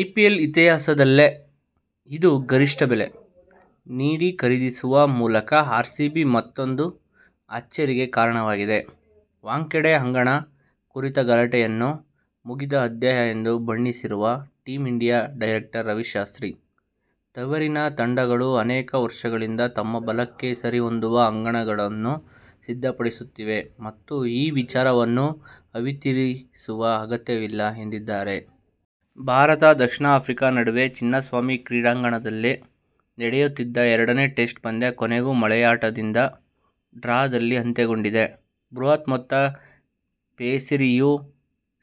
IPL ಇತಿಹಾಸದಲ್ಲೇ ಇದು ಗರಿಷ್ಠ ಬೆಲೆ. ನೀಡಿ ಖರೀದಿಸುವ ಮೂಲಕ ಆರ್ಸಿಬಿ ಮತ್ತೂಂದು ಅಚ್ಚರಿಗೆ ಕಾರಣವಾಗಿದೆ. ವಾಂಖೇಡೆ ಅಂಗಣ ಕುರಿತ ಗಲಾಟೆಯನ್ನು "ಮುಗಿದ ಅಧ್ಯಾಯ' ಎಂದು ಬಣ್ಣಿಸಿರುವ team India director Ravi Shastri, ತವರಿನ ತಂಡಗಳು ಅನೇಕ ವರ್ಷಗಳಿಂದ ತಮ್ಮ ಬಲಕ್ಕೆ ಸರಿಹೊಂದುವ ಅಂಗಣಗಳನ್ನು ಸಿದ್ಧಪಡಿಸುತ್ತಿವೆ ಮತ್ತು ಈ ವಿಚಾರವನ್ನು ಅವಿತಿರಿಸುವ ಅಗತ್ಯವಿಲ್ಲ ಎಂದಿದ್ದಾರೆ. ಭಾರತ-ದಕ್ಷಿಣ ಆಫ್ರಿಕಾ ನಡುವೆ ಚಿನ್ನಸ್ವಾಮಿ ಕ್ರೀಡಾಂಗಣದಲ್ಲಿ ನಡೆಯುತ್ತಿದ್ದ ಎರಡನೇ ಟೆಸ್ಟ್ ಪಂದ್ಯ ಕೊನೆಗೂ ಮಳೆಯಾಟದಿಂದ ಡ್ರಾದಲ್ಲಿ ಅಂತ್ಯಗೊಂಡಿದೆ. ಬೃಹತ್ ಮೊತ್ತ ಪೇರಿಸಿಯೂ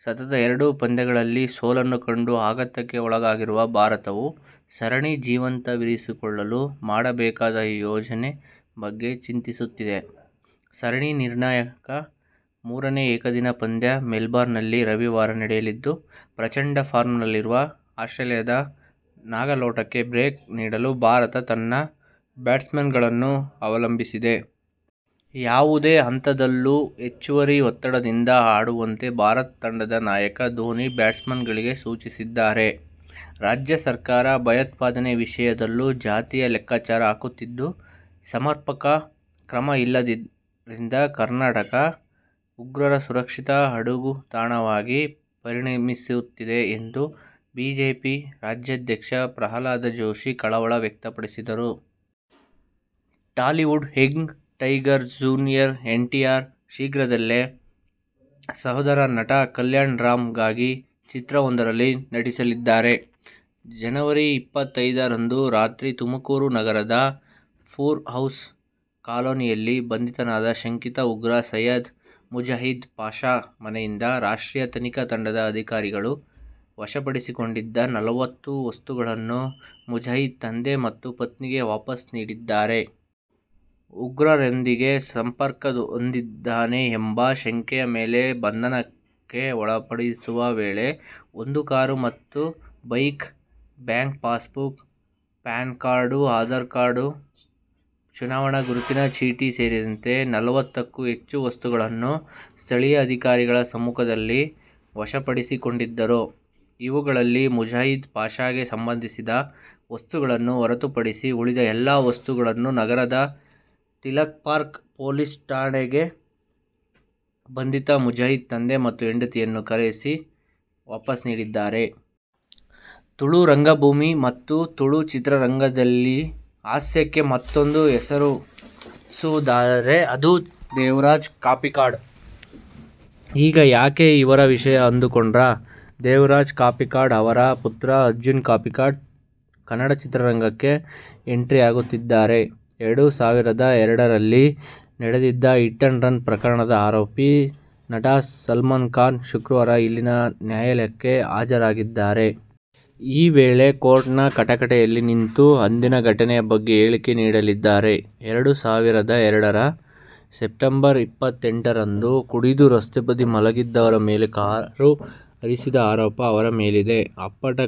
ಸತತ ಎರಡು ಪಂದ್ಯಗಳಲ್ಲಿ ಸೋಲನ್ನು ಕಂಡು ಆಘಾತಕ್ಕೆ ಒಳಗಾಗಿರುವ ಭಾರತವು ಸರಣಿ ಜೀವಂತವಿರಿಸಿಕೊಳ್ಳಲು ಮಾಡಬೇಕಾದ ಯೋಜನೆ ಬಗ್ಗೆ ಚಿಂತಿಸುತ್ತಿದೆ. ಸರಣಿ ನಿರ್ಣಾಯಕ ಮೂರನೇ ಏಕದಿನ ಪಂದ್ಯ ಮೆಲ್ಬರ್ನ್ನಲ್ಲಿ ರವಿವಾರ ನಡೆಯಲಿದ್ದು ಪ್ರಚಂಡ ಫಾರ್ಮ್ ನಲ್ಲಿರುವ ಆಸ್ಟ್ರೇಲಿಯದ ನಾಗಾಲೋಟಕ್ಕೆ ಬ್ರೇಕ್ ನೀಡಲು ಭಾರತ ತನ್ನ ಬ್ಯಾಟ್ಸ್ಮನ್ಗಳನ್ನು ಅವಲಂಬಿಸಿದೆ. ಯಾವುದೇ ಹಂತದಲ್ಲೂ ಹೆಚ್ಚುವರಿ ಒತ್ತಡದಿಂದ ಆಡುವಂತೆ ಭಾರತ ತಂಡದ ನಾಯಕ ಧೋನಿ ಬ್ಯಾಟ್ಸ್ಮನ್ಗಳಿಗೆ ಸೂಚಿಸಿದ್ದಾರೆ. ರಾಜ್ಯ ಸರ್ಕಾರ ಭಯೋತ್ಪಾದನೆ ವಿಷಯದಲ್ಲೂ ಜಾತಿಯ ಲೆಕ್ಕಾಚಾರ ಹಾಕುತ್ತಿದ್ದು, ಸಮರ್ಪಕ ಕ್ರಮ ಇಲ್ಲದ್ದರಿಂದ ಕರ್ನಾಟಕ ಉಗ್ರರ ಸುರಕ್ಷಿತ ಅಡಗುತಾಣವಾಗಿ ಪರಿಣಮಿಸುತ್ತಿದೆ ಎಂದು ಬಿಜೆಪಿ ರಾಜ್ಯಾಧ್ಯಕ್ಷ ಪ್ರಹ್ಲಾದ ಜೋಶಿ ಕಳವಳ ವ್ಯಕ್ತಪಡಿಸಿದರು. ಟಾಲಿವುಡ್ ಯಂಗ್ ಟೈಗರ್ ಜೂ. ಎನ್. ಟಿ. ಆರ್ ಶೀಘ್ರದಲ್ಲೇ ಸಹೋದರ ನಟ ಕಲ್ಯಾಣ್ ರಾಮ್'ಗಾಗಿ ಚಿತ್ರವೊಂದರಲ್ಲಿ ನಟಿಸಲಿದ್ದಾರೆ. ಜನವರಿ ಇಪ್ಪತ್ತೊಂದ ರಂದು ರಾತ್ರಿ ತುಮಕೂರು ನಗರದ ಪೂರ್ ಹೌಸ್ ಕಾಲೊನಿಯಲ್ಲಿ ಬಂಧಿತನಾದ ಶಂಕಿತ ಉಗ್ರ ಸೈಯದ್ ಮುಜಾಹಿದ್ ಪಾಷ ಮನೆಯಿಂದ ರಾಷ್ಟ್ರೀಯ ತನಿಖಾ ತಂಡದ ಅಧಿಕಾರಿಗಳು ವಶಪಡಿಸಿಕೊಂಡಿದ್ದ ನಲವತ್ತು ವಸ್ತುಗಳನ್ನು ಮುಜಾಹಿದ್ ತಂದೆ ಮತ್ತು ಪತ್ನಿಗೆ ವಾಪಸ್ ನೀಡಿದ್ದಾರೆ. ಉಗ್ರರೊಂದಿಗೆ ಸಂಪರ್ಕಹೊಂದಿದ್ದಾನೆ ಎಂಬ ಶಂಕೆಯ ಮೇಲೆ ಬಂಧನಕ್ಕೆ ಒಳಪಡಿಸುವ ವೇಳೆ ಒಂದು ಕಾರು ಮತ್ತು bike, bank passbook, PAN card, Aadhaar card, ಚುನಾವಣಾ ಗುರುತಿನ ಚೀಟಿ ಸೇರಿದಂತೆ ನಲವತ್ತುಕ್ಕೂ ಹೆಚ್ಚು ವಸ್ತುಗಳನ್ನು ಸ್ಥಳೀಯ ಅಧಿಕಾರಿಗಳ ಸಮ್ಮುಖದಲ್ಲಿ ವಶಪಡಿಸಿಕೊಂಡಿದ್ದರು. ಇವುಗಳಲ್ಲಿ ಮುಜಾಹಿದ್ ಪಾಷಗೆ ಸಂಬಂಧಿಸಿದ ವಸ್ತುಗಳನ್ನು ಹೊರತುಪಡಿಸಿ ಉಳಿದ ಎಲ್ಲಾ ವಸ್ತುಗಳನ್ನು ನಗರದ ತಿಲಕ್ಪಾರ್ಕ್ ಪೊಲೀಸ್ ಠಾಣೆಗೆ ಬಂಧಿತ ಮುಜಾಹಿದ್ ತಂದೆ ಮತ್ತು ಹೆಂಡತಿಯನ್ನು ಕರೆಸಿ ವಾಪಸ್ ನೀಡಿದ್ದಾರೆ. ತುಳು ರಂಗಭೂಮಿ ಮತ್ತು ತುಳು ಚಿತ್ರರಂಗದಲ್ಲಿಯಲ್ಲಿ ಹಾಸ್ಯಕ್ಕೆ ಮತ್ತೂಂದು ಹೆಸರಿಸುವುದಾದರೆ ಅದು ದೇವರಾಜ್ ಕಾಪಿಕಾಡ್. ಈಗ ಯಾಕೆ ಇವರ ವಿಷಯ ಅಂದುಕೊಂಡ್ರಾ ದೇವರಾಜ್ ಕಾಪಿಕಾಡ್ ಅವರ ಪುತ್ರ ಅರ್ಜುನ್ ಕಾಪಿಕಾಡ್ ಕನ್ನಡ ಚಿತ್ರರಂಗಕ್ಕೆ ಎಂಟ್ರಿಯಾಗುತ್ತಿದ್ದಾರೆ. ಎರಡು ಸಾವಿರದ ಎರಡರಲ್ಲಿ ನಡೆದಿದ್ದ ಹಿಟ್ ಅಂಡ್ ರನ್ ಪ್ರಕರಣದ ಆರೋಪಿ, ನಟ ಸಲ್ಮಾನ್ಖಾನ್ ಶುಕ್ರವಾರ ಇಲ್ಲಿನ ನ್ಯಾಯಾಲಯಕ್ಕೆ ಹಾಜರಾಗಲಿದ್ದಾರೆ. ಈ ವೇಳೆ ಕೋರ್ಟ್ನ ಕಟಕಟೆಯಲ್ಲಿ ನಿಂತು ಅಂದಿನ ಘಟನೆಯ ಬಗ್ಗೆ ಹೇಳಿಕೆ ನೀಡಲಿದ್ದಾರೆ. ಎರಡು ಸಾವಿರದ ಎರಡರ ಸೆಪ್ಟಂಬರ್ ಇಪ್ಪತ್ತೆಂಟರಂದು ಕುಡಿದು ರಸ್ತೆ ಬದಿ ಮಲಗಿದ್ದವರ ಮೇಲೆ ಕಾರು ಹರಿಸಿದ ಆರೋಪ ಅವರ ಮೇಲಿದೆ. ಅಪ್ಪಟ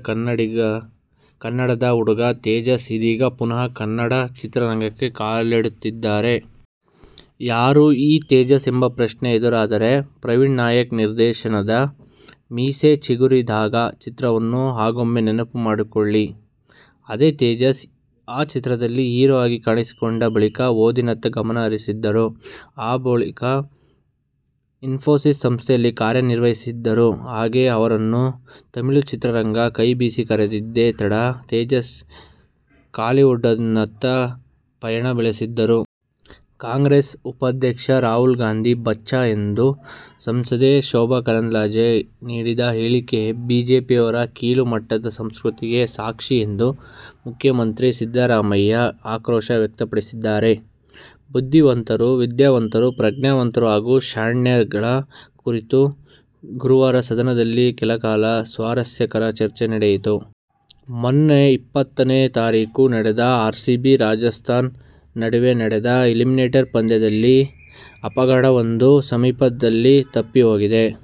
ಕನ್ನಡದ ಹುಡುಗ ತೇಜಸ್ ಇದೀಗ ಪುನಃ ಕನ್ನಡ ಚಿತ್ರರಂಗಕ್ಕೆ ಕಾಲಿಡುತ್ತಿದ್ದಾನೆ. ಯಾರು ಈ ತೇಜಸ್ ಎಂಬ ಪ್ರಶ್ನೆ ಎದುರಾದರೆ, ಪ್ರವೀಣ್ನಾಯಕ್ ನಿರ್ದೇಶನದ "ಮೀಸೆ ಚಿಗುರಿದಾಗ' ಚಿತ್ರವನ್ನು ಹಾಗೊಮ್ಮೆ ನೆನಪು ಮಾಡಿಕೊಳ್ಳಿ. ಅದೇ ತೇಜಸ್, ಆ ಚಿತ್ರದಲ್ಲಿ ಹೀರೋ ಆಗಿ ಕಾಣಿಸಿಕೊಂಡ ಬಳಿಕ ಓದಿನತ್ತ ಗಮನ ಹರಿಸಿದ್ದರು. ಆ ಬಳಿಕ ಇನ್ಫೋಸಿಸ್ ಸಂಸ್ಥೆಯಲ್ಲಿ ಕಾರ್ಯನಿರ್ವಹಿಸಿದ್ದರು. ಹಾಗೇ ಅವರನ್ನು ತಮಿಳು ಚಿತ್ರರಂಗ ಕೈ ಬೀಸಿ ಕರೆದಿದ್ದೇ ತಡ, ತೇಜಸ್ ಕಾಲಿವುಡ್ನತ್ತ ಪಯಣ ಬೆಳೆಸಿದ್ದರು. ಕಾಂಗ್ರೆಸ್ ಉಪಾಧ್ಯಕ್ಷ ರಾಹುಲ್ ಗಾಂಧಿ ಬಚ್ಚಾ ಎಂದು ಸಂಸದೆ ಶೋಭಾ ಕರಂದ್ಲಾಜೆ ನೀಡಿದ ಹೇಳಿಕೆ ಬಿಜೆಪಿಯವರ ಕೀಳು ಮಟ್ಟದ ಸಂಸ್ಕೃತಿಗೆ ಸಾಕ್ಷಿ ಎಂದು ಮುಖ್ಯಮಂತ್ರಿ ಸಿದ್ದರಾಮಯ್ಯ ಆಕ್ರೋಶ ವ್ಯಕ್ತಪಡಿಸಿದ್ದಾರೆ. "ಬುದ್ಧಿವಂತರು, ವಿದ್ಯಾವಂತರು, ಪ್ರಜ್ಞಾವಂತರು ಹಾಗೂ ಶಾಣ್ಯಾಗಳ ಕುರಿತು ಗುರುವಾರ ಸದನದಲ್ಲಿ ಕೆಲಕಾಲ ಸ್ವಾರಸ್ಯಕರ ಚರ್ಚೆ ನಡೆಯಿತು. ಮೊನ್ನೆ ಇಪ್ಪತ್ತನೇ ತಾರೀಖು ನಡೆದ ಆರ್ಸಿಬಿ-ರಾಜಸ್ಥಾನ್ ನಡುವೆ ನಡೆದ ಎಲಿಮಿನೇಟರ್ ಪಂದ್ಯದಲ್ಲಿ ಅವಘಡವೊಂದು ಸಮೀಪದಲ್ಲಿ ತಪ್ಪಿಹೋಗಿದೆ.